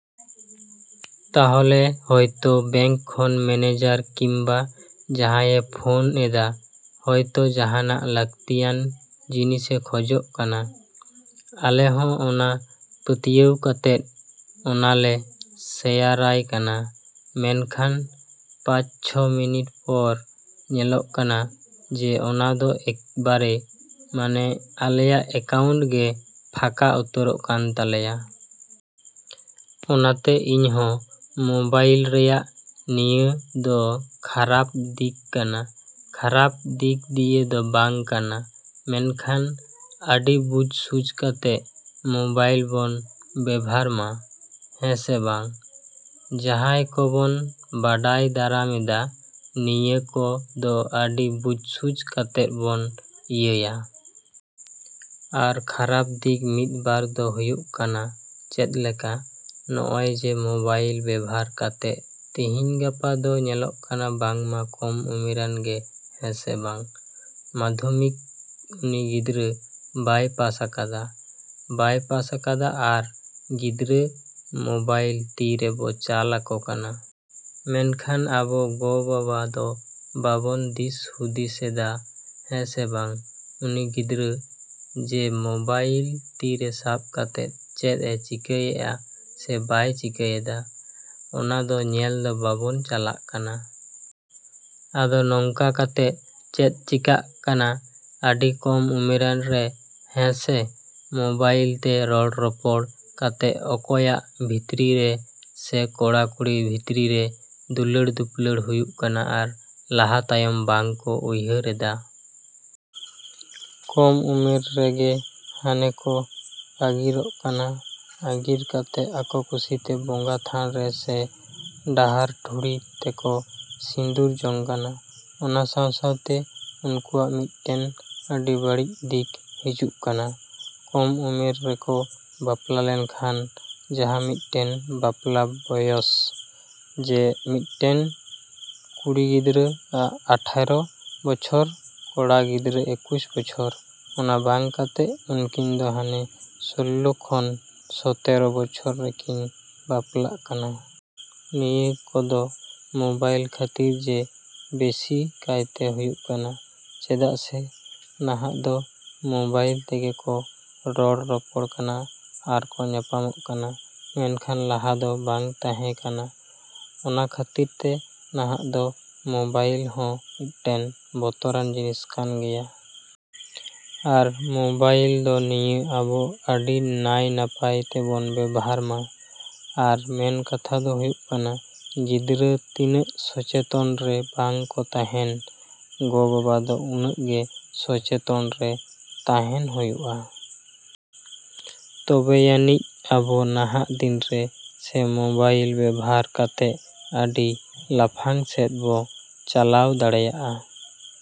ᱛᱟᱦᱚᱞᱮ ᱦᱚᱭᱛᱚ ᱵᱮᱝᱠ ᱠᱷᱚᱱ ᱢᱮᱱᱮᱡᱟᱨ ᱠᱤᱢᱵᱟ ᱡᱟᱦᱟᱭᱮ ᱯᱷᱳᱱ ᱮᱫᱟ ᱦᱚᱭᱛᱚ ᱡᱟᱦᱟᱱᱟᱜ ᱞᱟᱹᱠᱛᱤᱭᱟᱱ ᱡᱤᱱᱤᱥᱮ ᱠᱷᱚᱡᱚᱜ ᱠᱟᱱᱟ᱾ ᱟᱞᱮ ᱦᱚᱸ ᱚᱱᱟ ᱯᱟᱹᱛᱭᱟᱹᱣ ᱠᱟᱛᱮᱫ ᱚᱱᱟ ᱞᱮ ᱥᱮᱭᱟᱨᱟᱭ ᱠᱟᱱᱟ᱾ ᱢᱮᱱᱠᱷᱟᱱ ᱯᱟᱪᱼᱪᱷᱚ ᱢᱤᱱᱤᱴ ᱯᱚᱨ ᱧᱮᱞᱚᱜ ᱠᱟᱱᱟ ᱡᱮ ᱚᱱᱟ ᱫᱚ ᱮᱠᱵᱟᱨᱮ ᱢᱟᱱᱮ ᱟᱞᱮᱭᱟᱜ ᱮᱠᱟᱣᱩᱱᱴ ᱜᱮ ᱯᱷᱟᱠᱟ ᱩᱛᱟᱹᱨᱚᱜ ᱠᱟᱱ ᱛᱟᱞᱮᱭᱟ᱾ ᱚᱱᱟᱛᱮ ᱤᱧᱦᱚᱸ ᱢᱚᱵᱟᱭᱤᱞ ᱨᱮᱭᱟᱜ ᱱᱤᱭᱟᱹ ᱫᱚ ᱠᱷᱟᱨᱟᱯ ᱫᱤᱠ ᱠᱟᱱᱟ᱾ ᱠᱷᱟᱨᱟᱯ ᱫᱤᱠ ᱫᱤᱭᱮ ᱫᱚ ᱵᱟᱝ ᱠᱟᱱᱟ ᱢᱮᱱᱠᱷᱟᱱ ᱟᱹᱰᱤ ᱵᱩᱡᱷ ᱥᱩᱡᱷ ᱠᱟᱛᱮᱫ ᱢᱚᱵᱟᱭᱤᱞ ᱵᱚᱱ ᱵᱮᱵᱷᱟᱨ ᱢᱟ᱾ ᱦᱮᱸᱥᱮ ᱵᱟᱝ? ᱡᱟᱦᱟᱸᱭ ᱠᱚ ᱵᱚᱱ ᱵᱟᱰᱟᱭ ᱫᱟᱨᱟᱢ ᱮᱫᱟ, ᱱᱤᱭᱟᱹ ᱠᱚ ᱫᱚ ᱟᱹᱰᱤ ᱵᱩᱡᱷ ᱥᱩᱡᱷ ᱠᱟᱛᱮᱫ ᱵᱚᱱ ᱤᱭᱟᱹᱭᱟ᱾ ᱟᱨ ᱠᱷᱟᱨᱟᱯ ᱫᱤᱠ ᱢᱤᱫ ᱵᱟᱨ ᱫᱚ ᱦᱩᱭᱩᱜ ᱠᱟᱱᱟ ᱪᱮᱫ ᱞᱮᱠᱟ? ᱱᱚᱜᱼᱚᱭ ᱡᱮ ᱢᱚᱵᱟᱭᱤᱞ ᱵᱮᱵᱷᱟᱨ ᱠᱟᱛᱮᱫ ᱛᱤᱦᱤᱧ ᱜᱟᱯᱟ ᱫᱚ ᱧᱮᱞᱚᱜ ᱠᱟᱱᱟ ᱵᱟᱝ ᱢᱟ ᱠᱚᱢ ᱩᱢᱮᱨᱟᱱ ᱜᱮ ᱦᱮᱸᱥᱮ ᱵᱟᱝ? ᱢᱟᱫᱷᱚᱢᱤᱠ ᱩᱱᱤ ᱜᱤᱫᱽᱨᱟᱹ ᱵᱟᱭ ᱯᱟᱥ ᱟᱠᱟᱫᱟ, ᱵᱟᱭ ᱯᱟᱥ ᱟᱠᱟᱫᱟ ᱟᱨ ᱜᱤᱫᱽᱨᱟᱹ ᱢᱚᱵᱟᱭᱤᱞ ᱛᱤ ᱨᱮᱵᱚ ᱪᱟᱞ ᱟᱠᱚ ᱠᱟᱱᱟ᱾ ᱢᱮᱱᱠᱷᱟᱱ ᱟᱵᱚ ᱜᱚ ᱵᱟᱵᱟ ᱫᱚ ᱵᱟᱵᱚᱱ ᱫᱤᱥ ᱦᱩᱫᱤᱥ ᱮᱫᱟ ᱦᱮᱸ ᱥᱮ ᱵᱟᱝ? ᱩᱱᱤ ᱜᱤᱫᱽᱨᱟᱹ ᱡᱮ ᱢᱚᱵᱟᱭᱤᱞ ᱛᱤ ᱨᱮ ᱥᱟᱵ ᱠᱟᱛᱮᱫ ᱪᱮᱫ ᱮ ᱪᱤᱠᱟᱹᱭᱮᱜᱼᱟ ᱥᱮ ᱵᱟᱭ ᱪᱤᱠᱟᱹᱭᱮᱫᱟ ᱚᱱᱟ ᱫᱚ ᱧᱮᱞ ᱫᱚ ᱵᱟᱵᱚᱱ ᱪᱟᱞᱟᱜ ᱠᱟᱱᱟ᱾ ᱟᱫᱚ ᱱᱚᱝᱠᱟ ᱠᱟᱛᱮᱫ ᱪᱮᱫ ᱪᱤᱠᱟᱜ ᱠᱟᱱᱟ? ᱟᱹᱰᱤ ᱠᱚᱢ ᱩᱢᱮᱨᱟᱱ ᱨᱮ ᱦᱮᱸ ᱥᱮ? ᱢᱚᱵᱟᱭᱤᱞ ᱛᱮ ᱨᱚᱲ ᱨᱚᱯᱚᱲ ᱠᱟᱛᱮᱫ ᱟᱠᱚᱭᱟᱜ ᱵᱷᱤᱛᱨᱤ ᱨᱮ ᱥᱮ ᱠᱚᱲᱟ ᱠᱩᱲᱤ ᱵᱷᱤᱛᱨᱤ ᱨᱮ ᱫᱩᱞᱟᱹᱲ ᱫᱩᱯᱞᱟᱹᱲ ᱦᱩᱭᱩᱜ ᱠᱟᱱᱟ ᱟᱨ ᱞᱟᱦᱟ ᱛᱟᱭᱚᱢ ᱵᱟᱝ ᱠᱚ ᱩᱭᱦᱟᱹᱨ ᱮᱫᱟ᱾ ᱠᱚᱢ ᱩᱢᱮᱨ ᱨᱮᱜᱮ ᱦᱟᱱᱮ ᱠᱚ ᱟᱹᱜᱤᱨᱚᱜ ᱠᱟᱱᱟ᱾ ᱟᱹᱜᱤᱨ ᱠᱟᱛᱮᱫ ᱟᱠᱚ ᱠᱩᱥᱤ ᱛᱮ ᱵᱚᱸᱜᱟ ᱛᱷᱟᱱ ᱨᱮ ᱥᱮ ᱰᱟᱦᱟᱨ ᱰᱷᱩᱲᱤ ᱛᱮᱠᱚ ᱥᱤᱸᱫᱩᱨ ᱡᱚᱝ ᱠᱟᱱᱟ᱾ ᱚᱱᱟ ᱥᱟᱶᱼᱥᱟᱶᱛᱮ ᱩᱱᱠᱩᱣᱟᱜ ᱢᱤᱫᱴᱮᱱ ᱟᱹᱰᱤ ᱵᱟᱹᱲᱤᱡ ᱫᱤᱠ ᱦᱤᱡᱩᱜ ᱠᱟᱱᱟ᱾ ᱠᱚᱢ ᱩᱢᱮᱨ ᱨᱮᱠᱚ ᱵᱟᱯᱞᱟ ᱞᱮᱱ ᱠᱷᱟᱱ ᱡᱟᱦᱟᱸ ᱢᱤᱫᱴᱮᱱ ᱵᱟᱯᱞᱟ ᱵᱚᱭᱚᱥ ᱡᱮ ᱢᱤᱫᱴᱮᱱ ᱠᱩᱲᱤ ᱜᱤᱫᱽᱨᱟᱹ ᱟᱜ ᱟᱴᱷᱮᱨᱚ ᱵᱚᱪᱷᱚᱨ, ᱠᱚᱲᱟ ᱜᱤᱫᱽᱨᱟᱹ ᱮᱠᱩᱥ ᱵᱚᱪᱷᱚᱨ, ᱚᱱᱟ ᱵᱟᱝ ᱠᱟᱛᱮᱫ ᱩᱱᱠᱤᱱ ᱫᱚ ᱦᱟᱱᱮ ᱥᱳᱞᱞᱳ ᱠᱷᱚᱱ ᱥᱚᱛᱮᱨᱚ ᱵᱚᱪᱷᱚᱨ ᱨᱮᱠᱤᱱ ᱵᱟᱯᱞᱟᱜ ᱠᱟᱱᱟ᱾ ᱱᱤᱭᱟᱹ ᱠᱚ ᱫᱚ ᱢᱚᱵᱟᱭᱤᱞ ᱠᱷᱟᱹᱛᱤᱨ ᱡᱮ ᱵᱮᱥᱤ ᱠᱟᱭᱛᱮ ᱦᱩᱭᱩᱜ ᱠᱟᱱᱟ᱾ ᱪᱮᱫᱟᱜ ᱥᱮ ᱱᱟᱦᱟᱜ ᱫᱚ ᱢᱚᱵᱟᱭᱤᱞ ᱛᱮᱜᱮ ᱠᱚ ᱨᱚᱲ ᱨᱚᱯᱚᱲ ᱠᱟᱱᱟ ᱟᱨ ᱠᱚ ᱧᱟᱯᱟᱢᱚᱜ ᱠᱟᱱᱟ᱾ ᱢᱮᱱᱠᱷᱟᱱ ᱞᱟᱦᱟ ᱫᱚ ᱵᱟᱝ ᱛᱟᱦᱮᱸ ᱠᱟᱱᱟ᱾ ᱚᱱᱟ ᱠᱷᱟᱹᱛᱤᱨ ᱛᱮ ᱱᱟᱦᱟᱜ ᱫᱚ ᱢᱚᱵᱟᱭᱤᱞ ᱦᱚᱸ ᱢᱤᱫᱴᱮᱱ ᱵᱚᱛᱚᱨᱟᱱ ᱡᱤᱱᱤᱥ ᱠᱟᱱ ᱜᱮᱭᱟ᱾ ᱟᱨ ᱢᱚᱵᱟᱭᱤᱞ ᱫᱚ ᱱᱤᱭᱟᱹ ᱟᱵᱚ ᱟᱹᱰᱤ ᱱᱟᱭ ᱱᱟᱯᱟᱭ ᱛᱮᱵᱚᱱ ᱵᱮᱵᱷᱟᱨ ᱢᱟ᱾ ᱟᱨ ᱢᱮᱱ ᱠᱟᱛᱷᱟ ᱫᱚ ᱦᱩᱭᱩᱜ ᱠᱟᱱᱟ ᱜᱤᱫᱽᱨᱟᱹ ᱛᱤᱱᱟᱹᱜ ᱥᱚᱪᱮᱛᱚᱱ ᱨᱮ ᱵᱟᱝ ᱠᱚ ᱛᱟᱦᱮᱸᱱ, ᱜᱚ ᱵᱟᱵᱟ ᱫᱚ ᱩᱱᱟᱹᱜ ᱜᱮ ᱥᱚᱪᱮᱛᱚᱱ ᱨᱮ ᱛᱟᱦᱮᱸᱱ ᱦᱩᱭᱩᱜᱼᱟ᱾ ᱛᱚᱵᱮ ᱟᱹᱱᱤᱡ ᱟᱵᱚ ᱱᱟᱦᱟᱜ ᱫᱤᱱ ᱨᱮ ᱥᱮ ᱢᱚᱵᱟᱭᱤᱞ ᱵᱮᱵᱷᱟᱨ ᱠᱟᱛᱮᱫ ᱟᱹᱰᱤ ᱞᱟᱯᱷᱟᱝ ᱥᱮᱫ ᱵᱚ ᱪᱟᱞᱟᱣ ᱫᱟᱲᱮᱭᱟᱜᱼᱟ᱾।